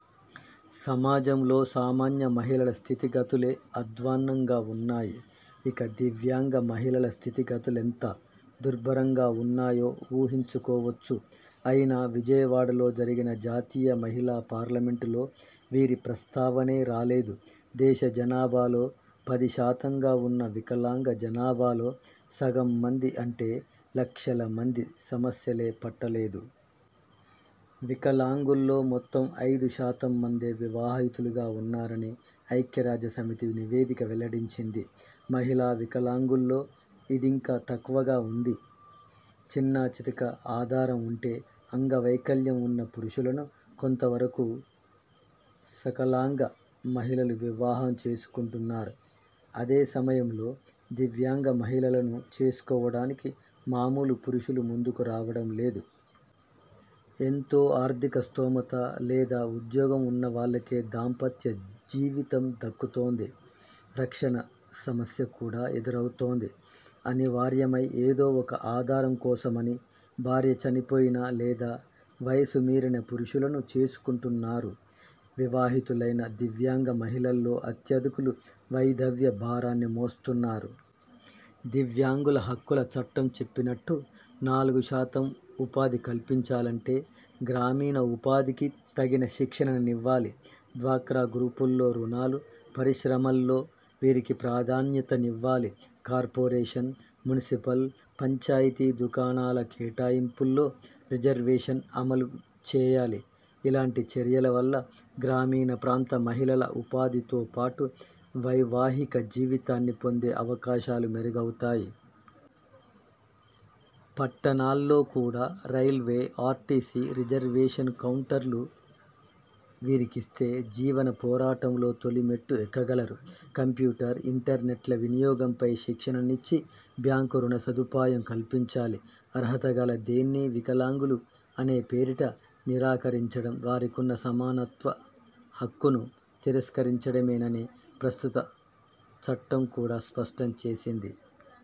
సమాజంలో సామాన్య మహిళల స్థితిగతులే అధ్వానంగా ఉన్నాయి. ఇక దివ్యాంగ మహిళల స్థితిగతులెంత దుర్భరంగా ఉన్నాయో ఊహించుకోవచ్చు. అయినా విజయవాడలో జరిగిన జాతీయ మహిళా పార్లమెంటులో వీరి ప్రస్తావనే రాలేదు. దేశ జనాభాలో పది శాతంగా ఉన్న వికలాంగ జనాభాలో సగం మంది అంటే లక్షల మంది సమస్యలే పట్టలేదు. వికలాంగుల్లో మొత్తం ఐదు శాతం మందే వివాహితులుగా ఉన్నారని ఐక్యరాజ్య సమితి నివేదిక వెల్లడించింది. మహిళా వికలాంగుల్లో ఇదింకా తక్కువగా ఉంది. చిన్నాచితక ఆధారం ఉంటే అంగవైకల్యం ఉన్న పురుషులను కొంత వరకూ సకలాంగ మహిళలు వివాహం చేసుకుంటున్నారు. అదే సమయంలో దివ్యాంగ మహిళలను చేసుకోవడానికి మామూలు పురుషులు ముందుకు రావడం లేదు. ఎంతో ఆర్థిక స్థోమత లేదా ఉద్యోగం ఉన్న వాళ్ళకే దాంపత్య జీవితం దక్కుతోంది. రక్షణ సమస్య కూడా ఎదురౌతోంది. అనివార్యమై ఏదో ఒక ఆధారం కోసమని భార్య చనిపోయిన లేదా వయసు మీరిన పురుషులను చేసుకుంటున్నారు. వివాహితులైన దివ్యాంగ మహిళల్లో అత్యధికులు వైధవ్య భారాన్ని మోస్తున్నారు. దివ్యాంగుల హక్కుల చట్టం చెప్పినట్టు నాలుగు శాతం ఉపాధి కల్పించాలంటే గ్రామీణ ఉపాధికి తగిన శిక్షణనివ్వాలి. డ్వాక్రా గ్రూపుల్లో రుణాలు, పరిశ్రమల్లో వీరికి ప్రాధాన్యతనివ్వాలి. కార్పొరేషన్, మున్సిపల్, పంచాయతీ దుకాణాల కేటాయింపుల్లో రిజర్వేషన్ అమలుచేయాలి. ఇలాంటి చర్యల వల్ల గ్రామీణ ప్రాంత మహిళల ఉపాధితో పాటు వైవాహిక జీవితాన్ని పొందే అవకాశాలు మెరుగౌతాయి. పట్టణాల్లో కూడా రైల్వే, ఆర్టీసీ రిజర్వేషను కౌంటర్లు వీరికిస్తే జీవన పోరాటంలో తొలి మెట్టు ఎక్కగలరు. కంప్యూటర్, ఇంటర్నెట్ల వినియోగంపై శిక్షణనిచ్చి, బ్యాంకు రుణసదుపాయం కల్పించాలి. అర్హతగల దేన్నీ వికలాంగులు అనే పేరిట నిరాకరించడం వారికున్న సమానత్వ హక్కును తిరస్కరించడమేనని ప్రస్తుత చట్టం కూడా స్పష్టం చేసింది.